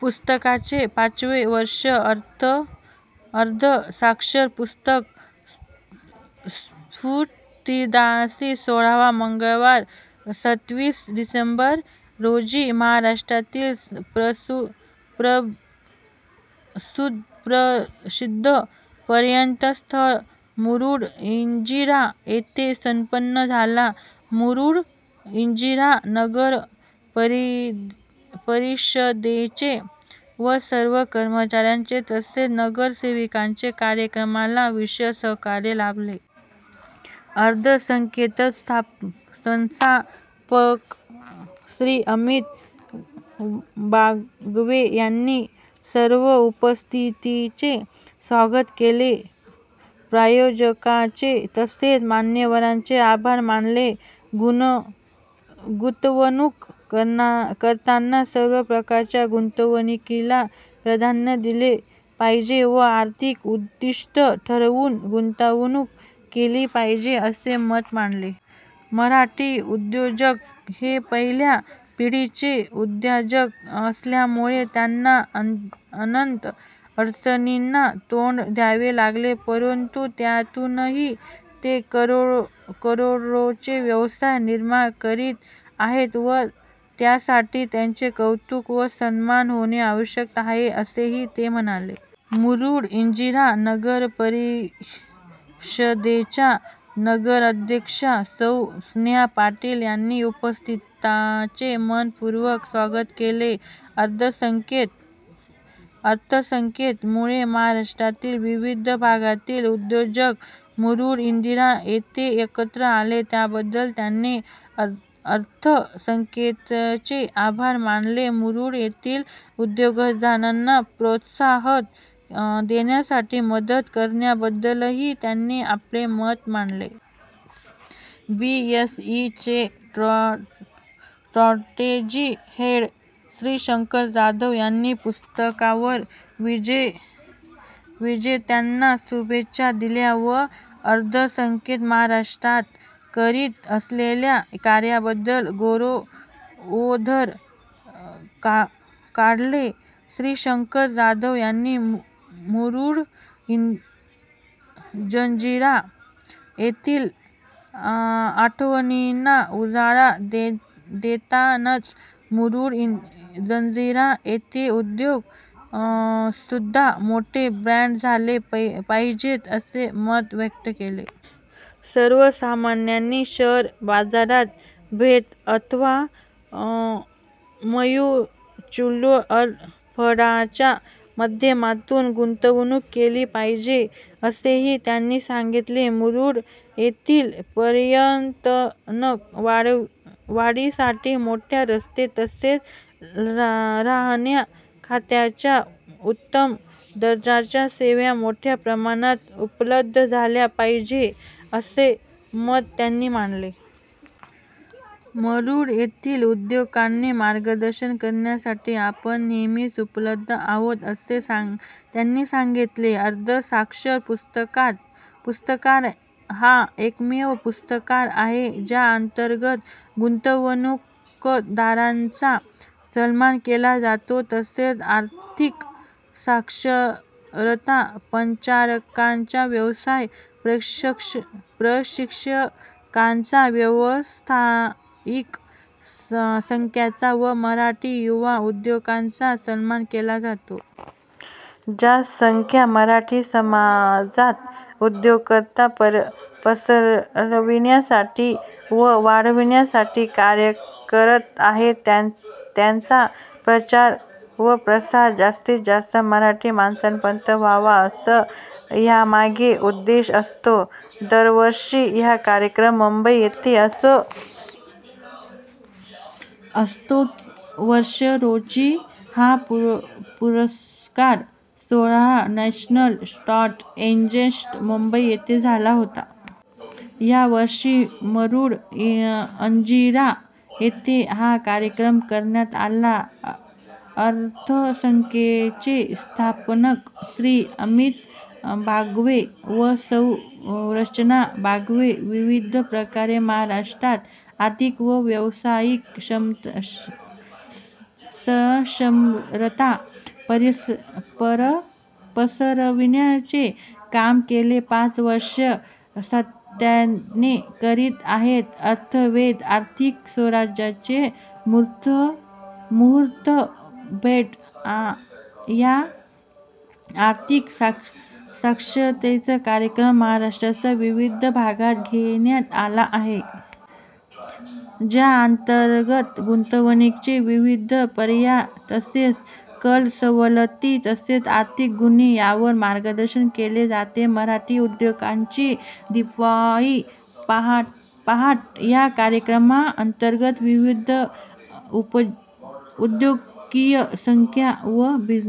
पुरस्काराचे पाचवे वर्ष! अर्थ साक्षर पुरस्कार स्फूर्तिदायी सोहळा मंगळवार सव्वीस डिसेंबर रोजी महाराष्ट्रातील सुप्रसिद्ध पर्यटन स्थळ मुरुड जंजिरा येथे संप्पन झाला. मुरुड जंजिरा नगरपरिषदेचे व सर्व कर्मचाऱ्यांचे तसेच नगरसेवकांचे कार्यक्रमाला विशेष सहकार्य लाभले. अर्थसंकेतचे संस्थापक श्री. अमित बागवे यांनी सर्व उपस्थितांचे स्वागत केले व प्रायोजकांचे तसेच मान्यवरांचे आभार मानले. गुंतवणूक करताना सर्व प्रकारच्या गुंतवणुकीला प्राधान्य दिले पाहिजे व आर्थिक उद्दिष्ट ठरवून गुंतवणूक केली पाहिजे असे मत मांडले. मराठी उद्योजक हे पहिल्या पिढीचे उद्योजक असल्यामुळे त्यांना अनंत अडचणींना तोंड द्यावे लागते परंतु त्यातूनही ते करोडोचे व्यवसाय निर्माण करीत आहेत व त्यासाठी त्यांचे कौतुक व सन्मान होणे आवश्यक आहे असेही ते म्हणाले. मुरुड जंजिरा नगरपरिषदेच्या नगराध्यक्षा सौ. स्नेहा पाटील यांनी उपस्थितांचे मनःपुर्वक स्वागत केले. अर्थसंकेत मुळे महाराष्ट्रातील विविध भागातील उद्योजक मुरुड जंजिरा येथे एकत्र आले त्याबद्दल त्यांनी अर्थसंकेतचे आभार मानले. मुरुड येथील उद्योजकांना प्रोत्साहन देण्यासाठी मदत करण्याबद्दलही त्यांनी आपले मत मांडले. बी एस ई चे स्ट्रॅटेजी हेड श्री. शंकर जाधव यांनी पुरस्कार विजेत्यांना शुभेच्छा दिल्या व अर्थसंकेत महाराष्ट्रात करीत असलेल्या कार्याबद्दल गौरवोद्गार काढले. श्री. शंकर जाधव यांनी मुरुड जंजिरा येथील आठवणींना उजाळा देतानाच मुरुड जंजिरा येथील उद्योग सुद्धा मोठे ब्रँड झाले पाहिजेत असे मत व्यक्त केले. सर्वसामान्यांनी शेअर बाजारात थेट अथवा म्युच्युअल फंडांच्या माध्यमातून गुंतवणूक केली पाहिजे असेही त्यांनी सांगितले. मुरूड येथील पर्यटन वाढीसाठी मोठे रस्ते तसेच राहण्या खाण्याच्या उत्तम दर्जाच्या सेवा मोठ्या प्रमाणात उपलब्ध झाल्या पाहिजेत असे मत त्यांनी मांडले. मुरुड येथील उद्योजकांना मार्गदर्शन करण्यासाठी आपण नेहमीच उपलब्ध आहोत असे त्यांनी सांगितले. अर्थ साक्षर पुरस्कार हा एकमेव पुरस्कार आहे ज्या अंतर्गत गुंतवणूकदारांचा सन्मान केला जातो. तसेच आर्थिक साक्षरता प्रचारकांचा, व्यवसाय प्रशिक्षकांचा, व्यावसायिक संस्थांचा व मराठी युवा उद्योजकांचा सन्मान केला जातो. ज्या संस्था मराठी समाजात उद्योजकता पसरविण्यासाठी व वाढविण्यासाठी कार्यरत आहेत त्यांचा प्रचार व प्रसार जास्तीत जास्त मराठी माणसांपर्यंत व्हावा असा यामागे उद्देश असतो. दरवर्षी हा कार्यक्रम मुंबई येथे होत असतो. वर्ष रोजी हा पुरस्कार सोहळा नॅशनल स्टॉक एक्स्चेंज, मुंबई येथे झाला होता. यावर्षी मुरुड जंजिरा येथे हा कार्यक्रम करण्यात आला. अर्थसंकेतचे संस्थापक श्री. अमित बागवे व सौ. रचना बागवे विविध प्रकारे महाराष्ट्रात आर्थिक व व्यवसायिक साक्षरता पसरविण्याचे काम गेली पाच वर्षे सातत्याने करीत आहेत. अर्थवेध आर्थिक स्वराज्याची मुहूर्तमेढ हा आर्थिक साक्षरतेचा कार्यक्रम महाराष्ट्राच्या विविध भागात घेण्यात आला आहे. ज्या अंतर्गत गुंतवणुकीचे विविध पर्याय तसेच कर सवलती तसेच आर्थिक गुन्हे यावर मार्गदर्शन केले जाते. मराठी उद्योजकांची दिवाळी पहाट या कार्यक्रमा अंतर्गत विविध उद्योजकीय संस्था व बिझनेस